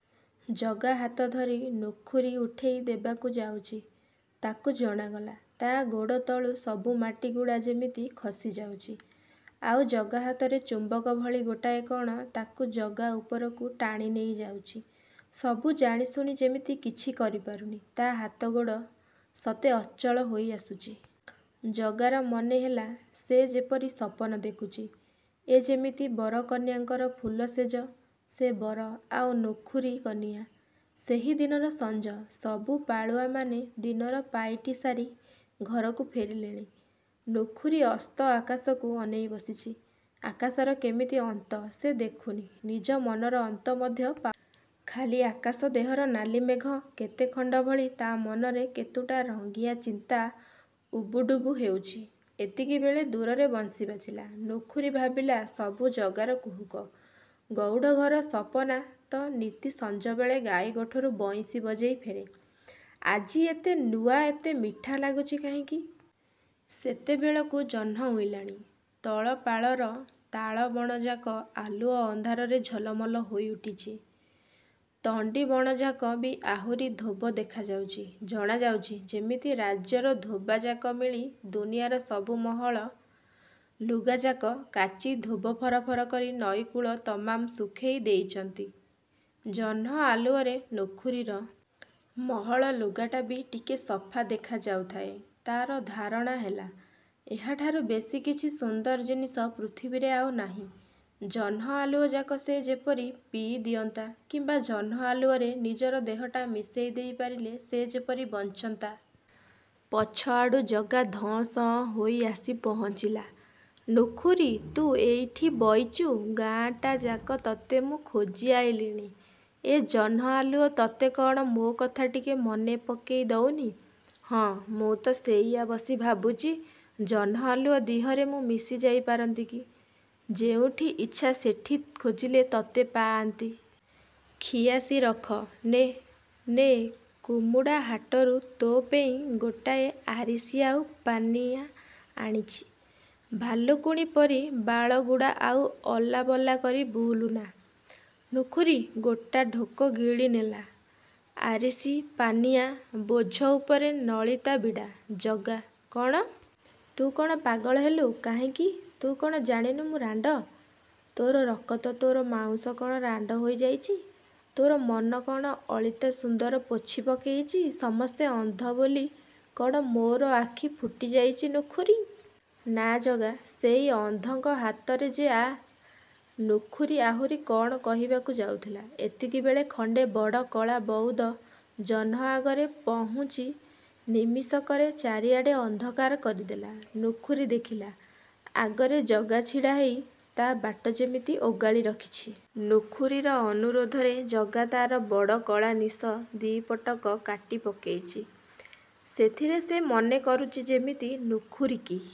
ଜଗା ହାତ ଧରି ନୁଖୁରୀ ଉଠେଇ ଦେବାକୁ ଯାଉଚି, ତାକୁ ଜଣାଗଲା, ତା' ଗୋଡ଼ ତଳୁ ସବୁ ମାଟି ଗୁଡ଼ା ଯେମିତି ଖସି ଯାଉଚି–ଆଉ ଜଗା ହାତରେ ଚୁମ୍ବକ ଭଳି ଗୋଟାଏ କଣ ତାକୁ ଜଗା ଉପରକୁ ଟାଣି ନେଇ ଯାଉଚି। ସବୁ ଜାଣିଶୁଣି ଯେମିତି କିଛି କରିପାରୁନି–ତା' ହାତଗୋଡ଼ ସତେ ଅଚଳ ହୋଇଆସୁଚି। ଜଗାର ମନେ ହେଲା, ସେ ଯେପରି ସପନ ଦେଖୁଚି ଏ ଯେମିତି ବରକନ୍ୟାଙ୍କର ଫୁଲଶେଯ, ସେ ବର, ଆଉ ନୁଖୁରୀ କନିଆ। ସେହି ଦିନର ସଞ୍ଜ। ସବୁ ପାଳୁଆମାନେ ଦିନର ପାଇଟି ସାରି ଘରକୁ ଫେରିଲେଣି, ନୁଖୁରୀ ଅସ୍ତ ଆକାଶକୁ ଅନେଇ ବସିଚି। ଆକାଶର କେମିତି ଅନ୍ତ ସେ ଦେଖୁନି, ନିଜ ମନର ଅନ୍ତ ମଧ୍ୟ ପାଉନି। ଖାଲି ଆକାଶ ଦେହର ନାଲି ମେଘ କେତେଖଣ୍ଡ ଭଳି ତା' ମନରେ କେତୁଟା ରଙ୍ଗିଆ ଚିନ୍ତା ଉବୁଡ଼ୁବୁ ହେଉଚି। ଏତିକିବେଳେ ଦୂରରେ ବଂଶୀ ବାଜିଲା। ନୁଖୁରୀ ଭାବିଲା ସବୁ ଜଗାର କୁହୁକ। ଗଉଡ଼ଘର ସପନା ତ ନିତି ସଞ୍ଜବେଳେ ଗାଈଗୋଠରୁ ବଇଁଶୀ ବଜେଇ ଫେରେ-! ଆଜି ଏତେ ନୂଆ, ଏତେ ମିଠା ଲାଗୁଚି କାହିଁକି! ସେତେବେଳକୁ ଜହ୍ନ ଉଇଁଲାଣି। ତଳ ପାଳର ତାଳବଣଯାକ ଆଲୁଅ ଅନ୍ଧାରରେ ଝଲମଲ ହୋଇଉଠିଚି। ତଣ୍ଡି ବଣଯାକ ବି ଆହୁରି ଧୋବ ଦେଖାଯାଉଚି,–ଜଣାଯାଉଚି, ଯେମିତି ରାଜ୍ୟର ଧୋବାଯାକ ମିଳି ଦୁନିଆର ସବୁ ମହଳ ଲୁଗାଯାକ କାଚି ଧୋବ ଫରଫର କରି ନଈକୂଳ ତମାମ୍ ଶୁଖେଇ ଦେଇଚନ୍ତି। ଜହ୍ନ ଆଲୁଅରେ ନୁଖୁରୀର। ମହଳ ଲୁଗାଟା ବି ଟିକେ ସଫା ଦେଖାଯାଉଥାଏ। ତାର ଧାରଣା ହେଲା, ଏହାଠାରୁ ବେଶି କିଛି ସୁନ୍ଦର ଜିନିଷ ପୃଥିବୀରେ ଆଉ ନାହିଁ। –ଜହ୍ନ ଆଲୁଅଯାକ ସେ ଯେପରି ପିଇ ଦିଅନ୍ତା କିମ୍ଵା ଜହ୍ନ ଆଲୁଅରେ ନିଜର ଦେହଟା ମିଶେଇ ଦେଇ ପାରିଲେ ସେ ଯେପରି ବଞ୍ଚନ୍ତା। ପଛଆଡ଼ୁ ଜଗା ଧଁ–ସଅଁ ହୋଇ ଆସି ପହଞ୍ଚିଲା। –ନୁଖୁରୀ, ତୁ ଏଇଠି ବଇଚୁ, ଗାଁଟାଯାକ ତତେ ମୁଁ ଖୋଜି ଆଇଲିଣି। ଏ ଜହ୍ନ ଆଲୁଅ ତତେ କଣ ମୋ କଥା ଟିକେ ମନେ ପକେଇ ଦଉନି? –ହଁ, ମୁଁ ତ ସେଇଆ ବସି ଭାବୁଚି। ଜହ୍ନ ଆଲୁଅ ଦିହରେ ମୁଁ ମିଶିଯାଇ ପାରନ୍ତି କି ଯେଉଠି ଇଚ୍ଛା ସେଠି ଖୋଜିଲେ ତତେ ପାଆନ୍ତି। –ଖିଆସି ରଖ। ନେ, ନେ–କୁମୁଡ଼ା ହାଟରୁ ତୋ ପେଇଁ ଗୋଟାଏ ଆରିସି ଆଉ ପାନିଆ ଆଣିଚି। ଭାଲୁକୁଣୀ ପରି ବାଳଗୁଡ଼ା ଆଉ ଅଲା ବଲା କରି ବୁଲୁ ନା। ନୁଖୁରୀ ଗୋଟା ଢୋକ ଗିଳି ନେଲା। ଆରିସି–ପାନିଆଁ! –ବୋଝ ଉପରେ ନଳିତା ବିଡ଼ା। –ଜଗା? –କଣ? –ତୁ କଣ ପାଗଳ ହେଲୁ? –କାହିଁକି? –ତୁ କଣ ଜାଣିନୁ ମୁଁ ରାଣ୍ଡ? –ତୋର ରକତ, ତୋର ମାଉଁସ କଣ ରାଣ୍ଡ ହୋଇ ଯାଇଚି? ତୋର ମନ କଣ ଅଳିତା ସୁନ୍ଦର ପୋଛି ପକେଇଛି? ସମସ୍ତେ ଅନ୍ଧ ବୋଲି କଣ ମୋର ଆଖି ଫୁଟିଯାଇଚି ନୁଖୁରୀ? –ନା ଜଗା, ସେଇ ଅନ୍ଧଙ୍କ ହାତରେ ଯେ ଆ– ନୁଖୁରୀ ଆହୁରି କଣ କହିବାକୁ ଯାଉଥିଲା, ଏତିକିବେଳେ ଖଣ୍ଡେ ବଡ଼ କଳା ବଉଦ ଜହ୍ନ ଆଗରେ ପହୁଞ୍ଚି ନିମିଷକରେ ଚାରିଆଡ଼ ଅନ୍ଧକାର କରିଦେଲା। ନୁଖୁରୀ ଦେଖିଲା, ଆଗରେ ଜଗା ଛିଡ଼ା ହେଇ ତା ବାଟ ଯେମିତି ଓଗାଳି ରଖିଛି। ନୁଖୁରୀର ଅନୁରୋଧରେ ଜଗା ତାର ବଡ଼ କଳା ନିଶ ଦିପଟକ କାଟି ପକେଇଚି। ସେଥିରେ ସେ ମନେ କରୁଚି ଯେମିତି ନୁଖୁରୀକି